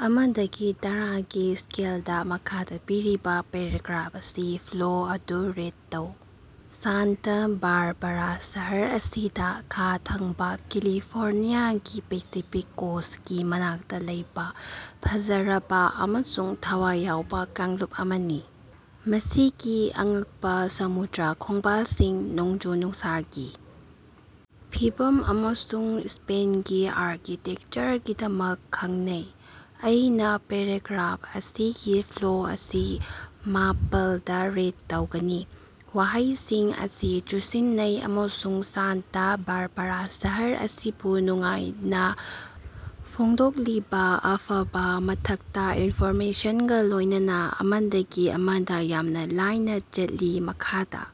ꯑꯃꯗꯒꯤ ꯇꯔꯥꯒꯤ ꯁ꯭ꯀꯦꯜꯗ ꯃꯈꯥꯗ ꯄꯤꯔꯤꯕ ꯄꯦꯔꯥꯒ꯭ꯔꯥꯐ ꯑꯁꯤꯒꯤ ꯐ꯭ꯂꯣ ꯑꯗꯨ ꯔꯦꯠ ꯇꯧ꯫ ꯁꯥꯟꯇ ꯕꯥꯔꯕꯥꯔꯥ ꯁꯍꯔ ꯑꯁꯤꯒꯤ ꯈꯥ ꯊꯪꯕꯥ ꯀꯦꯂꯤꯐꯣꯔꯅꯤꯌꯥꯒꯤ ꯄꯦꯁꯤꯐꯤꯛ ꯀꯣꯁ꯭ꯇꯀꯤ ꯃꯅꯥꯛꯇ ꯂꯩꯕ ꯐꯖꯔꯕ ꯑꯃꯁꯨꯡ ꯊꯋꯥꯏ ꯌꯥꯎꯕ ꯀꯥꯡꯂꯨꯞ ꯑꯃꯅꯤ꯫ ꯃꯁꯤꯒꯤ ꯑꯉꯛꯄ ꯁꯃꯨꯗ꯭ꯔ ꯈꯣꯡꯕꯥꯜꯁꯤꯡ ꯅꯣꯡꯖꯨ-ꯅꯨꯡꯁꯥꯒꯤ ꯐꯤꯕꯝ ꯑꯃꯁꯨꯡ ꯁ꯭ꯄꯦꯟꯒꯤ ꯑꯥꯔꯀꯤꯇꯦꯛꯆꯔꯒꯤꯗꯃꯛ ꯈꯡꯅꯩ꯫ ꯑꯩꯅꯥ ꯄꯦꯔꯥꯒ꯭ꯔꯥꯐ ꯑꯁꯤꯒꯤ ꯐ꯭ꯂꯣ ꯑꯁꯤ ꯃꯥꯄꯜꯗ ꯔꯦꯠ ꯇꯧꯒꯅꯤ꯫ ꯋꯥꯍꯩꯁꯤꯡ ꯑꯁꯤ ꯆꯨꯁꯤꯟꯅꯩ ꯑꯃꯁꯨꯡ ꯁꯥꯟꯇꯥ ꯕꯥꯔꯕꯥꯔꯥ ꯁꯍꯔ ꯑꯁꯤꯕꯨ ꯅꯨꯡꯉꯥꯏꯅ ꯐꯣꯡꯗꯣꯛꯂꯤꯕ ꯑꯐꯕꯥ ꯃꯊꯛꯇ ꯏꯟꯐꯣꯔꯃꯦꯁꯟꯒꯥ ꯂꯣꯢꯅꯅꯥ ꯑꯃꯗꯒꯤ ꯑꯃꯗ ꯌꯥꯝꯅ ꯂꯥꯏꯅ ꯆꯠꯂꯤ꯫ ꯃꯈꯥꯗ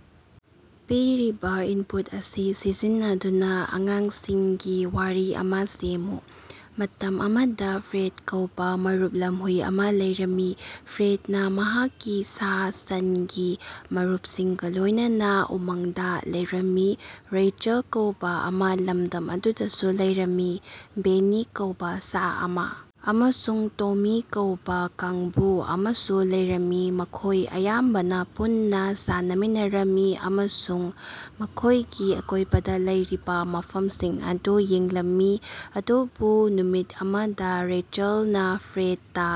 ꯄꯤꯔꯤꯕ ꯏꯟꯄꯨꯠ ꯑꯁꯤ ꯁꯤꯖꯤꯟꯅꯗꯨꯅ ꯑꯉꯥꯡꯁꯤꯡꯒꯤ ꯋꯥꯔꯤ ꯑꯃ ꯁꯦꯝꯃꯨ꯫ ꯃꯇꯝ ꯑꯃꯗ ꯐ꯭ꯔꯦꯗ ꯀꯧꯕꯥ ꯃꯔꯨꯞ ꯂꯝꯍꯨꯏ ꯑꯃ ꯂꯩꯔꯝꯃꯤ꯫ ꯐ꯭ꯔꯦꯗꯅ ꯃꯍꯥꯛꯀꯤ ꯁꯥ-ꯁꯟꯒꯤ ꯃꯔꯨꯞꯁꯤꯡꯒ ꯂꯣꯢꯅꯅꯥ ꯎꯃꯪꯗꯥ ꯂꯩꯔꯝꯃꯤ꯫ ꯔꯦꯆꯦꯜ ꯀꯧꯕꯥ ꯑꯃ ꯂꯝꯗꯝ ꯑꯗꯨꯗꯁꯨ ꯂꯩꯔꯝꯃꯤ꯫ ꯕꯦꯅꯤ ꯀꯧꯕꯥ ꯁꯥ ꯑꯃ ꯑꯃꯁꯨꯡ ꯇꯣꯃꯤ ꯀꯧꯕꯥ ꯀꯥꯡꯕꯨ ꯑꯃꯁꯨ ꯂꯩꯔꯝꯃꯤ꯫ ꯃꯈꯣꯢ ꯑꯌꯥꯝꯕꯅ ꯄꯨꯟꯅꯥ ꯁꯥꯟꯅꯃꯤꯟꯅꯔꯝꯃꯤ ꯑꯃꯁꯨꯡ ꯃꯈꯣꯢꯒꯤ ꯑꯀꯣꯢꯕꯗ ꯂꯩꯔꯤꯕꯥ ꯃꯐꯝꯁꯤꯡ ꯑꯗꯨ ꯌꯦꯡꯂꯝꯃꯤ꯫ ꯑꯗꯨꯕꯨ ꯅꯨꯃꯤꯠ ꯑꯃꯗ ꯔꯦꯆꯦꯜꯅ ꯐ꯭ꯔꯦꯗꯇ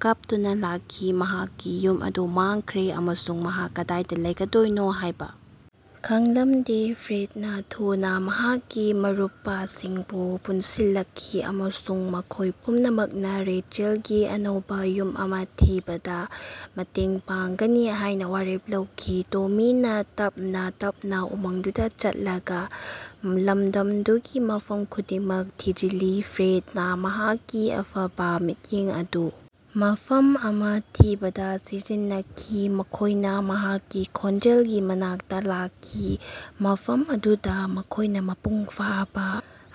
ꯀꯞꯇꯨꯅ ꯂꯥꯛꯈꯤ꯫ ꯃꯍꯥꯛꯀꯤ ꯌꯨꯝ ꯑꯗꯨ ꯃꯥꯡꯈ꯭ꯔꯦ ꯑꯃꯁꯨꯡ ꯃꯍꯥꯛ ꯀꯗꯥꯏꯗ ꯂꯩꯒꯗꯣꯏꯅꯣ ꯍꯥꯢꯕ ꯈꯡꯂꯝꯗꯦ꯫ ꯐ꯭ꯔꯦꯗꯅ ꯊꯨꯅꯥ ꯃꯍꯥꯛꯀꯤ ꯃꯔꯨꯄꯁꯤꯡꯕꯨ ꯄꯨꯟꯁꯤꯜꯂꯛꯈꯤ ꯑꯃꯁꯨꯡ ꯃꯈꯣꯢ ꯄꯨꯝꯅꯃꯛꯅ ꯔꯦꯆꯦꯜꯒꯤ ꯑꯅꯧꯕ ꯌꯨꯝ ꯑꯃ ꯊꯤꯕꯗ ꯃꯇꯦꯡ ꯄꯥꯡꯒꯅꯤ ꯍꯥꯢꯅ ꯋꯥꯔꯦꯞ ꯂꯧꯈꯤ꯫ ꯇꯣꯃꯤꯅꯥ ꯇꯞꯅꯥ ꯇꯞꯅꯥ ꯎꯃꯪꯗꯨꯗ ꯆꯠꯂꯒ ꯂꯝꯗꯝꯗꯨꯒꯤ ꯃꯐꯝ ꯈꯨꯗꯤꯡꯃꯛ ꯊꯤꯖꯤꯜꯂꯤ꯫ ꯐ꯭ꯔꯦꯗꯅꯥ ꯃꯍꯥꯛꯀꯤ ꯑꯐꯕꯥ ꯃꯤꯠꯌꯦꯡ ꯑꯗꯨ ꯃꯐꯝ ꯑꯃ ꯊꯤꯕꯗ ꯁꯤꯖꯤꯟꯅꯈꯤ꯫ ꯃꯈꯣꯢꯅ ꯃꯍꯥꯛꯀꯤ ꯈꯣꯟꯖꯦꯜꯒꯤ ꯃꯅꯥꯛꯇ ꯂꯥꯛꯈꯤ ꯃꯐꯝ ꯑꯗꯨꯗ ꯃꯈꯣꯢꯅ ꯃꯄꯨꯡ ꯐꯥꯕ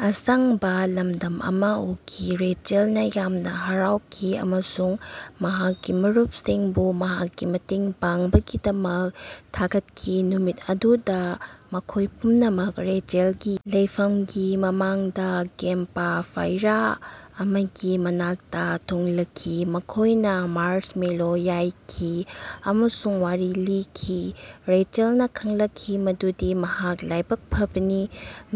ꯑꯁꯪꯕꯥ ꯂꯝꯗꯝ ꯑꯃ ꯎꯈꯤ꯫ ꯔꯦꯆꯦꯜꯅ ꯌꯥꯝꯅ ꯍꯔꯥꯎꯈꯤ ꯑꯃꯁꯨꯡ ꯃꯍꯥꯛꯀꯤ ꯃꯔꯨꯞꯁꯤꯡꯕꯨ ꯃꯍꯥꯛꯀꯤ ꯃꯇꯦꯡ ꯄꯥꯡꯕꯒꯤꯗꯃꯛ ꯊꯥꯒꯠꯈꯤ꯫ ꯅꯨꯃꯤꯠ ꯑꯗꯨꯗꯥ ꯃꯈꯣꯏ ꯄꯨꯝꯅꯃꯛ ꯔꯦꯆꯦꯜꯒꯤ ꯂꯩꯐꯝꯒꯤ ꯃꯃꯥꯡꯗ ꯀꯦꯝꯄ ꯐꯥꯏꯔ ꯑꯃꯒꯤ ꯃꯅꯥꯛꯇ ꯊꯨꯡꯂꯈꯤ꯫ ꯃꯈꯣꯢꯅ ꯃꯥꯔꯁꯃꯦꯂꯣ ꯌꯥꯏꯈꯤ ꯑꯃꯁꯨꯡ ꯋꯥꯔꯤ ꯂꯤꯈꯤ꯫ ꯔꯦꯆꯦꯜꯅ ꯈꯪꯂꯛꯈꯤ ꯃꯗꯨꯗꯤ ꯃꯍꯥꯛ ꯂꯥꯏꯕꯛ ꯐꯕꯅꯤ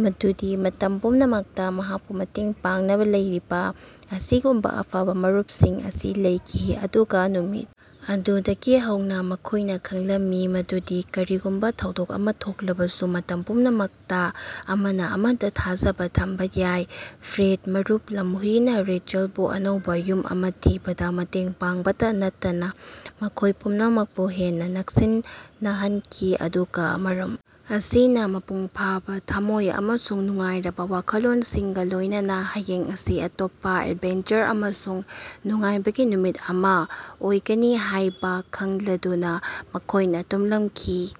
ꯃꯗꯨꯗꯤ ꯃꯇꯝ ꯄꯨꯝꯅꯃꯛꯇ ꯃꯍꯥꯛꯄꯨ ꯃꯇꯦꯡ ꯄꯥꯡꯅꯕ ꯂꯩꯔꯤꯕ ꯑꯁꯤꯒꯨꯝꯕꯥ ꯑꯐꯕ ꯃꯔꯨꯞꯁꯤꯡ ꯑꯁꯤ ꯂꯩꯈꯤ꯫ ꯑꯗꯨꯒ ꯅꯨꯃꯤꯠ ꯑꯗꯨꯗꯒꯤ ꯍꯧꯅ ꯃꯈꯣꯢꯅ ꯈꯪꯂꯝꯃꯤ ꯃꯗꯨꯗꯤ ꯀꯔꯤꯒꯨꯝꯕ ꯊꯧꯗꯣꯛ ꯑꯃ ꯊꯣꯛꯂꯕꯁꯨ ꯃꯇꯝ ꯄꯨꯝꯅꯃꯛꯇ ꯑꯃꯅ ꯑꯃꯗ ꯊꯥꯖꯕ ꯊꯝꯕ ꯌꯥꯏ꯫ ꯐ꯭ꯔꯦꯗ ꯃꯔꯨꯞ ꯂꯝꯍꯨꯏꯅ ꯔꯦꯆꯦꯜꯕꯨ ꯑꯅꯧꯕ ꯌꯨꯝ ꯑꯃ ꯊꯤꯕꯗ ꯃꯇꯦꯡ ꯄꯥꯡꯕꯇ ꯅꯠꯇꯅ ꯃꯈꯣꯢ ꯄꯨꯝꯅꯃꯛꯄꯨ ꯍꯦꯟꯅ ꯅꯛꯁꯤꯟꯅꯍꯟꯈꯤ꯫ ꯑꯗꯨꯒ ꯃꯔꯝ ꯑꯁꯤꯅ ꯃꯄꯨꯡ ꯐꯥꯕ ꯊꯃꯣꯢ ꯑꯃꯁꯨꯡ ꯅꯨꯡꯉꯥꯏꯔꯕ ꯋꯥꯈꯜꯂꯣꯟꯁꯤꯡꯒ ꯂꯣꯢꯅꯅꯥ ꯍꯌꯦꯡ ꯑꯁꯤ ꯑꯇꯣꯞꯄ ꯑꯦꯗꯚꯦꯟꯆꯔ ꯑꯃꯁꯨꯡ ꯅꯨꯡꯉꯥꯏꯕꯒꯤ ꯅꯨꯃꯤꯠ ꯑꯃꯥ ꯑꯣꯏꯒꯅꯤ ꯍꯥꯢꯕꯥ ꯈꯡꯂꯗꯨꯅ ꯃꯈꯣꯢꯅ ꯇꯨꯝꯂꯝꯈꯤ꯫